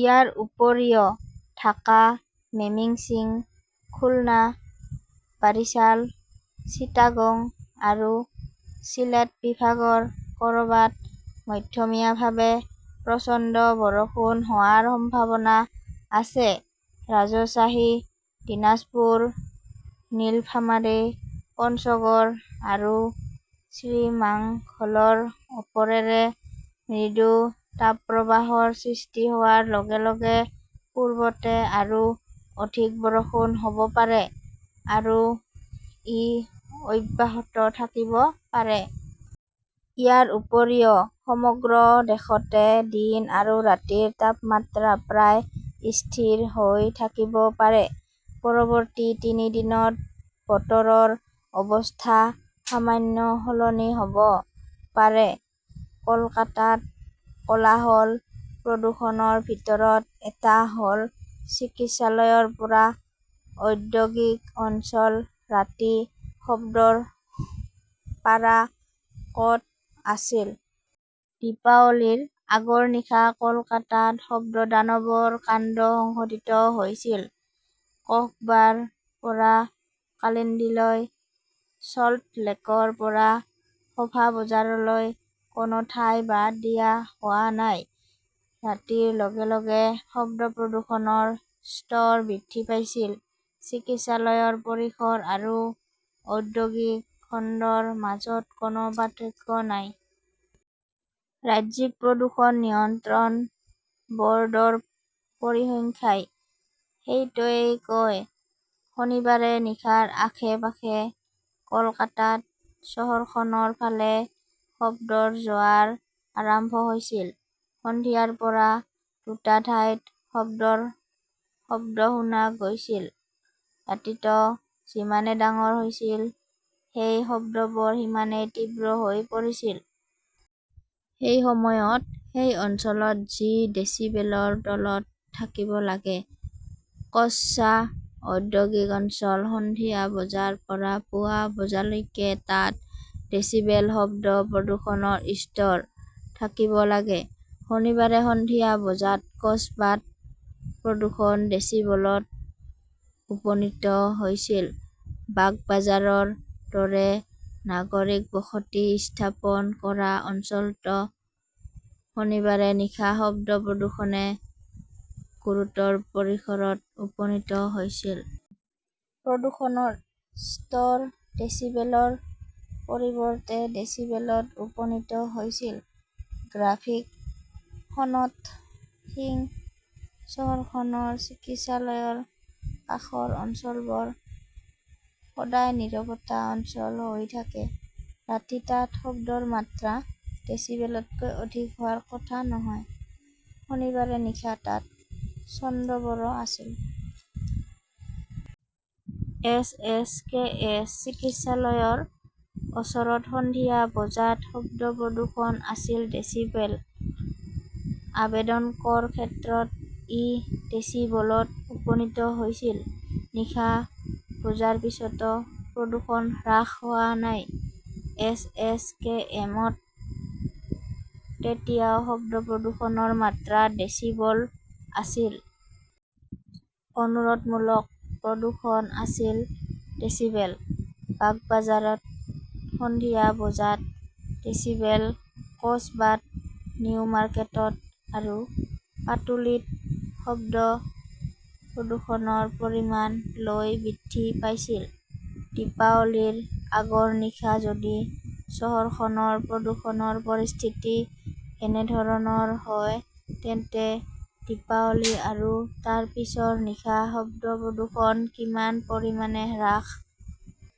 ইয়াৰ উপৰিও ঢাকা, মেমিন্সিং, খুলনা, বাৰিছাল, চিটাগং আৰু চিলেট বিভাগৰ ক "ৰবাত মধ্যমীয়াভাৱে প্ৰচণ্ড বৰষুণ হোৱাৰ সম্ভাৱনা আছে। ৰাজশ্বাহী, দিনাজপুৰ, নীলফামাৰী, পঞ্চগড় আৰু শ্ৰীমাংঘলৰ ওপৰেৰে মৃদু তাপপ্ৰবাহৰ সৃষ্টি হোৱাৰ লগে লগে পূৰ্বতে আৰু অধিক বৰষুণ হ "ব পাৰে আৰু ই অব্যাহত থাকিব পাৰে। ইয়াৰ উপৰিও সমগ্ৰ দেশতে দিন আৰু ৰাতিৰ তাপমাত্ৰা প্ৰায় স্থিৰ হৈ থাকিব পাৰে। পৰৱৰ্তী তিনি দিনত বতৰৰ অৱস্থা সামান্য সলনি হ "ব পাৰে। কলকাতাত কোলাহল, প্ৰদূষণৰ ভিতৰত এটা হ "ল চিকিৎসালয়ৰ পৰা ঔদ্যোগিক অঞ্চল, ৰাতি শব্দৰ পাৰা ক" ত আছিল? দীপাৱলীৰ আগৰ নিশা কলকাতাত 'শব্দদানৱ "ৰ কাণ্ড সংঘটিত হৈছিল। কসবাৰ পৰা কালিণ্ডীলৈ, চল্টলেকৰ পৰা শোভা বজাৰলৈ, কোনো ঠাই বাদ দিয়া হোৱা নাই। ৰাতিৰ লগে লগে শব্দ প্ৰদূষণৰ স্তৰ বৃদ্ধি পাইছিল। চিকিৎসালয়ৰ পৰিসৰ আৰু ঔদ্যোগিক খণ্ডৰ মাজত কোনো পাৰ্থক্য নাই। ৰাজ্যিক প্ৰদূষণ নিয়ন্ত্ৰণ ব "ৰ্ডৰ পৰিসংখ্যাই সেইটোৱেই কয়। শনিবাৰে নিশাৰ আশে-পাশে কলকাতাত চহৰখনৰ ফালে শব্দৰ জোৱাৰ আৰম্ভ হৈছিল। সন্ধিয়াৰ পৰা দুটা ঠাইত শব্দৰ শব্দ শুনা গৈছিল। ৰাতিটো যিমানে ডাঙৰ হৈছিল, সেই শব্দবোৰ সিমানেই তীব্ৰ হৈ পৰিছিল। সেই সময়ত সেই অঞ্চলত যি ডেসিবেলৰ তলত থাকিব লাগে! কস্বা ঔদ্যোগিক অঞ্চল। সন্ধিয়া বজাৰ পৰা পুৱা বজালৈকে তাত ডেছিবেল শব্দ প্ৰদূষণৰ স্তৰ থাকিব লাগে। শনিবাৰে সন্ধিয়া বজাত কোছবাত প্ৰদূষণ ডেছিবলত উপনীত হৈছিল। বাগবাজাৰৰ দৰে নাগৰিক বসতি স্থাপন কৰা অঞ্চলতো শনিবাৰে নিশা শব্দ প্ৰদূষণে গুৰুতৰ পৰিসৰত উপনীত হৈছিল। প্ৰদূষণৰ স্তৰ ডেসিবেলৰ পৰিৱৰ্তে ডেসিবেলত উপনীত হৈছিল। গ্ৰাফিকঃ সনত সিং। চহৰখনৰ চিকিৎসালয়ৰ কাষৰ অঞ্চলবোৰ সদায় 'নীৰৱতা অঞ্চল "হৈ থাকে। ৰাতি তাত শব্দৰ মাত্ৰা ডেছিবেলতকৈ অধিক হোৱাৰ কথা নহয়। শনিবাৰে নিশা তাত ছন্দবোৰো আছিল। এছ. এছ. কে. এছ. চিকিৎসালয়ৰ ওচৰত সন্ধিয়া বজাত শব্দ প্ৰদূষণ আছিল ডেছিবেল। আৱেদন কৰ ক্ষেত্ৰত ই ডেছিবলত উপনীত হৈছিল। নিশা বজাৰ পিছতো প্ৰদূষণ হ্ৰাস হোৱা নাই। এছ. এছ. কে. এম. -ত তেতিয়াও শব্দ প্ৰদূষণৰ মাত্ৰা ডেছিবল আছিল। অনুৰোধমূলক প্ৰদূষণ আছিল ডেছিবেল। বাগবাঝাৰত সন্ধিয়া বজাত ডেসিবেল, কোছবাত, নিউ মাৰ্কেটত আৰু পাটুলিত শব্দ প্ৰদূষণৰ পৰিমাণ লৈ বৃদ্ধি পাইছিল। দীপাৱলীৰ আগৰ নিশা যদি চহৰখনৰ প্ৰদূষণৰ পৰিস্থিতি এনেধৰণৰ হয়, তেন্তে দীপাৱলী আৰু তাৰ পিছৰ নিশা শব্দ প্ৰদূষণ কিমান পৰিমাণে হ্ৰাস